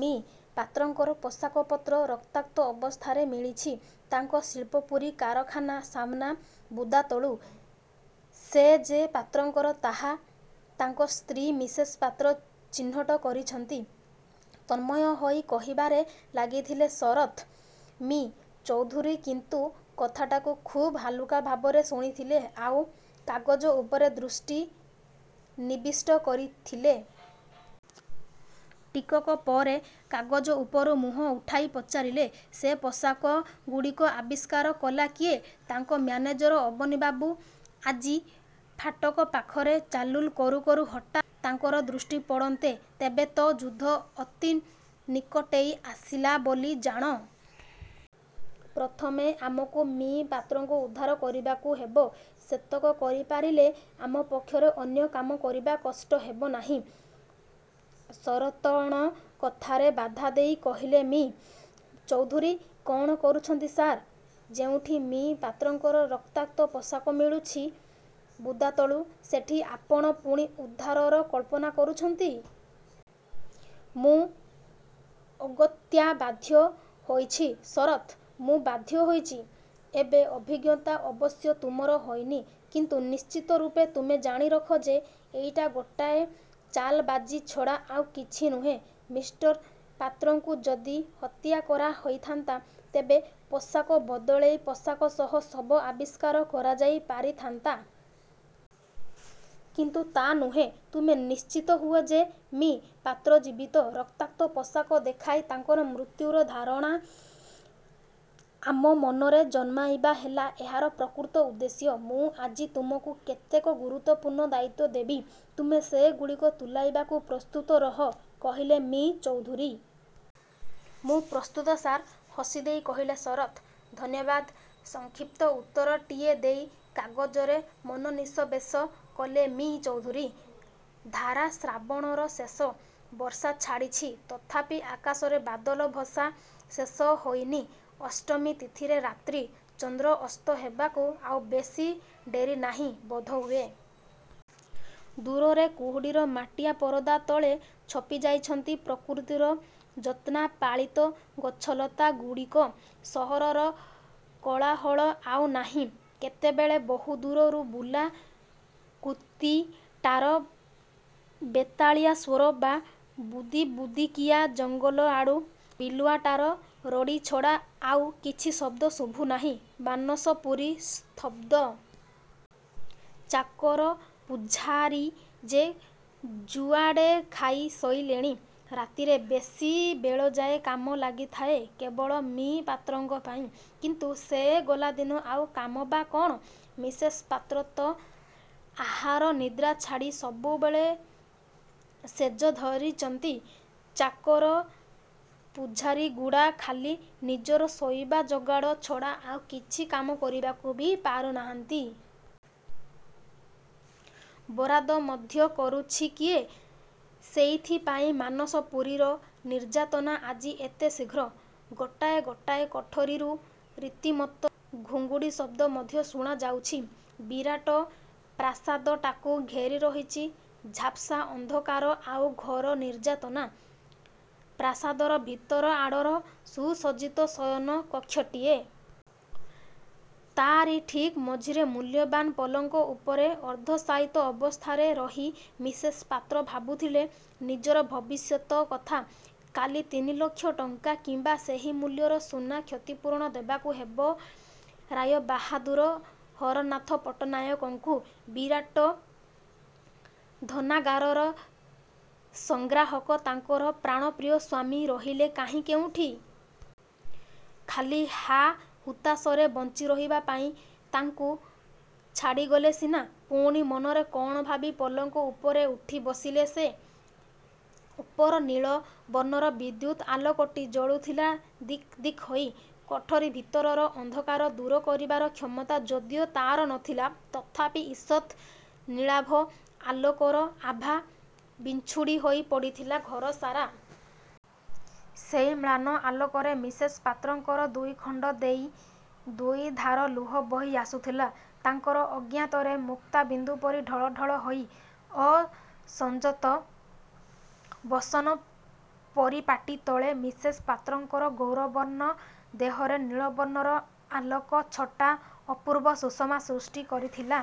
ମି: ପାତ୍ରଙ୍କର ପୋଷାକ ପତ୍ର ରକ୍ତାକ୍ତ ଅବସ୍ଥାରେ ମିଳିଛି, ତାଙ୍କ ଶିଳ୍ପପୁରୀ କାରଖାନା ସାମ୍ନା ବୁଦାତଳୁ। ସେ ଯେ ପାତ୍ରଙ୍କର ତାହା ତାଙ୍କ ସ୍ତ୍ରୀ ମିସେସ୍ ପାତ୍ର ଚିହ୍ନଟ କରିଛନ୍ତି। '' ତନ୍ମୟ ହୋଇ କହିବାରେ ଲାଗିଥିଲେ ଶରତ୍। ମି: ଚୌଧୁରୀ କିନ୍ତୁ କଥାଟାକୁ ଖୁବ୍ ହାଲୁକା ଭାବରେ ଶୁଣୁଥିଲେ ଆଉ କାଗଜ ଉପରେ ଦୃଷ୍ଟି ନିବିଷ୍ଟ କରିଥିଲେ। ଟିକକ ପରେ କାଗଜ ଉପରୁ ମୁହଁ ଉଠାଇ ପଚାରିଲେ, ''ସେ ପୋଷାକଗୁଡ଼ିକ ଆବିଷ୍କାର କଲା କିଏ? '' ''ତାଙ୍କ ମ୍ୟାନେଜର ଅବନୀବାବୁ। ଆଜି ଫାଟକ ପାଖରେ ଚାଲ୍ବୁଲ୍ କରୁ କରୁ ହଠାତ୍ ତାଙ୍କ ଦୃଷ୍ଟିପଡ଼ନ୍ତେ। '' ''ତେବେ ତ ଯୁଦ୍ଧ ଅତି ନିକଟେଇ ଆସିଲା ବୋଲି ଜାଣ। ପ୍ରଥମେ ଆମକୁ ମି: ପାତ୍ରଙ୍କୁ ଉଦ୍ଧାର କରିବାକୁ ହେବ। ସେତକ କରି ପାରିଲେ ଆମ ପକ୍ଷରେ ଅନ୍ୟ କାମ କରିବା କଷ୍ଟ ହେବ ନାହିଁ। '' ଶରତ୍ଙ୍କ କଥାରେ ବାଧାଦେଇ କହିଲେ ମି: ଚୌଧୁରୀ। ''କ'ଣ କହୁଛନ୍ତି ସାର୍? ଯେଉଁଠି ମି: ପାତ୍ରଙ୍କର ରକ୍ତାକ୍ତ ପୋଷାକ ମିଳୁଛି ବୁଦାତଳୁ, ସେଠି ଆପଣ ପୁଣି ଉଦ୍ଧାରର କଳ୍ପନା କରୁଛନ୍ତି? ''ମୁଁ ଅଗତ୍ୟା ବାଧ୍ୟହୋଇଛି ଶରତ୍, ମୁଁ ବାଧ୍ୟହୋଇଛି। ଏବେ ଅଭିଜ୍ଞତା ଅବଶ୍ୟ ତୁମର ହେଇନି; କିନ୍ତୁ ନିଶ୍ଚିତ ରୂପେ ତୁମେ ଜାଣି ରଖ ଯେ, ଏଇଟା ଗୋଟାଏ ଚାଲବାଜି ଛଡ଼ା ଆଉ କିଛି ନୁହେଁ। ମିଷ୍ଟର ପାତ୍ରଙ୍କୁ ଯଦି ହତ୍ୟାକରା ହୋଇଥାନ୍ତା, ତେବେ ପୋଷାକ ବଦଳରେ ପୋଷାକ ସହ ଶବ ଆବିଷ୍କାର କରାଯାଇ ପାରିଥାନ୍ତା। କିନ୍ତୁ ତା' ନୁହେଁ। ତୁମେ ନିଶ୍ଚିତ ହୁଅ ଯେ-ମି: ପାତ୍ର ଜୀବିତ। ରକ୍ତାକ୍ତ ପୋଷାକ ଦେଖାଇ, ତାଙ୍କର ମୃତ୍ୟୁର ଧାରଣା ଆମ ମନରେ ଜନ୍ମାଇବା ହେଲା ଏହାର ପ୍ରକୃତ ଉଦ୍ଦେଶ୍ୟ। ମୁଁ ଆଜି ତୁମକୁ କେତେକ ଗୁରୁତ୍ୱପୂର୍ଣ୍ଣ ଦାୟିତ୍ୱ ଦେବି। ତୁମେ ସେ ଗୁଡ଼ିକୁ ତୁଲାଇବାକୁ ପ୍ରସ୍ତୁତ ରହ''-କହିଲେ ମି: ଚୌଧୁରୀ। ''ମୁଁ ପ୍ରସ୍ତୁତ ସାର୍! '' -ହସିଦେଇ କହିଲେ ଶରତ୍। ''ଧନ୍ୟବାଦ! '' -ସଂକ୍ଷିପ୍ତ ଉତ୍ତରଟିଏ ଦେଇ କାଗଜରେ ମନୋନିବେଶ କଲେ ମି: ଚୌଧୁରୀ। ଧାରା ଶ୍ରାବଣର ଶେଷ। ବର୍ଷା ଛାଡ଼ିଛି, ତଥାପି ଆକାଶରେ ବାଦଲ ଭସା ଶେଷ ହୋଇନି। ଅଷ୍ଟମୀ ତିଥିରେ ରାତ୍ରି; ଚନ୍ଦ୍ର ଅସ୍ତ ହେବାକୁ ଆଉ ବେଶୀ ଡେରି ନାହିଁ ବୋଧହୁଏ। ଦୂରରେ କୁହୁଡ଼ିର ମାଟିଆ ପରଦା ତଳେ ଛପି ଯାଇଛନ୍ତି ପ୍ରକୃତିର ଯତ୍ନପାଳିତ ଗଛଲତାଗୁଡ଼ିକ। ସହରର କୋଳାହଳ ଆଉ ନାହିଁ। କେତେବେଳେ ବହୁ ଦୂରରୁ ବୁଲା କୁତିଟାର ବେତାଳିଆ ସ୍ୱର ବା ବୁଦିବୁଦିକିଆ ଜଙ୍ଗଲଆଡ଼ୁ ବିଲୁଆଟାର ରଡ଼ି ଛଡ଼ା ଆଉ କିଛି ଶବ୍ଦ ଶୁଭୁ ନାହିଁ-। ମାନସପୁରୀ ସ୍ତବ୍ଧ। ଚାକର ପୁଝାରୀ ଯେ ଯୁଆଡ଼େ ଖାଇ ଶୋଇଲେଣି। ରାତିରେ ବେଶୀ ବେଳଯାଏ କାମ ଲାଗିଥାଏ କେବଳ ମି: ପାତ୍ରଙ୍କ ପାଇଁ। କିନ୍ତୁ ସେ ଗଲାଦିନୁ ଆଉ କାମ ବା କ'ଣ? ମିସେସ୍ ପାତ୍ର ତ ଆହାର ନିଦ୍ରା ଛାଡ଼ି ସବୁବେଳେ ଶେଯ ଧରିଛନ୍ତି। ଚାକର ପୁଝାରୀଗୁଡ଼ା ଖାଲି ନିଜର ଖାଇବା ଯୋଗାଡ଼ ଛଡ଼ା ଆଉ କିଛି କାମ କରିବାକୁ ବି ପାଉନାହାନ୍ତି। ବରାଦ ମଧ୍ୟ କରୁଛି କିଏ? ସେଇଥି ପାଇଁ ମାନସପୁରୀର ନିର୍ଜନତା ଆଜି ଏତେ ଶୀଘ୍ର। ଗୋଟାଏ ଗୋଟାଏ କୋଠରୀରୁ ରୀତିମତ ଘୁଙ୍ଗୁଡ଼ି ଶବ୍ଦ ମଧ୍ୟ ଶୁଣାଯାଉଛି। ବିରାଟ ପ୍ରାସାଦଟାକୁ ଘେରି ରହିଛି ଝାପ୍ସା ଅନ୍ଧକାର ଆଉ ଘୋର ନିର୍ଜନତା। ପ୍ରାସାଦର ଭିତର ଆଡ଼ର ସୁସଜ୍ଜିତ ଶୟନ କକ୍ଷଟିଏ। ତା'ରି ଠିକ୍ ମଝିରେ ମୂଲ୍ୟବାନ ପଲଙ୍କ ଉପରେ ଅର୍ଦ୍ଧଶାୟିତ ଅବସ୍ଥାରେ ରହି ମିସେସ୍ ପାତ୍ର ଭାବୁଥିଲେ ନିଜର ଭବିଷ୍ୟତ୍ କଥା-''କାଲି ତିନିଲକ୍ଷ ଟଙ୍କା କିମ୍ବା ସେହି ମୂଲ୍ୟର ସୁନା କ୍ଷତିପୂରଣ ଦେବାକୁ ହେବ ରାୟବାହାଦୂର ହରନାଥ ପଟ୍ଟନାୟକଙ୍କୁ। ବିରାଟ ଧନାଗାରର ସଂଗ୍ରାହକ ତାଙ୍କର ପ୍ରାଣପ୍ରିୟ ସ୍ୱାମୀ ରହିଲେ କାହିଁ କେଉଁଠି? ଖାଲି ହା-ହୁତାଶରେ ବଞ୍ଚିରହିବା ପାଇଁ ତାଙ୍କୁ ଛାଡ଼ିଗଲେ ସିନା! '' ପୁଣି ମନରେ କ'ଣ ଭାବି ପଲଙ୍କ ଉପରେ ଉଠି ବସିଲେ ସେ। ଉପରେ ନୀଳ ବର୍ଣ୍ଣର ବିଦ୍ୟୁତ୍ ଆଲୋକଟି ଜଳୁଥିଲା ଦିକ୍ ଦିକ୍ ହୋଇ। କୋଠରୀ ଭିତରର ଅନ୍ଧକାର ଦୂର କରିବାର କ୍ଷମତା ଯଦିଓ ତା'ର ନ ଥିଲା, ତଥାପି ଇଷତ୍ ନୀଳାଭ ଆଲୋକର ଆଭା ବିଞ୍ଚୁଡ଼ି ହୋଇ ପଡ଼ିଥିଲା ଘରସାରା। ସେଇ ମ୍ଳାନ ଆଲୋକରେ ମିସେସ୍ ପାତ୍ରଙ୍କର ଦୁଇଖଣ୍ଡ ଦେଇ ଦୁଇଧାର ଲୁହ ବହି ଆସୁଥିଲା ତାଙ୍କର ଅଜ୍ଞାତରେ, ମୁକ୍ତା ବିନ୍ଦୁପରି ଢଳ ଢଳ ହୋଇ। ଅସଂଯତ ବସନ ପରିପାଟି ତଳେ ମିସେସ୍ ପାତ୍ରଙ୍କର ଗୌରବର୍ଣ୍ଣ ଦେହରେ ନୀଳବର୍ଣ୍ଣର ଆଲୋକଛଟା ଅପୂର୍ବ ସୁଷମା ସୃଷ୍ଟି କରିଥିଲା।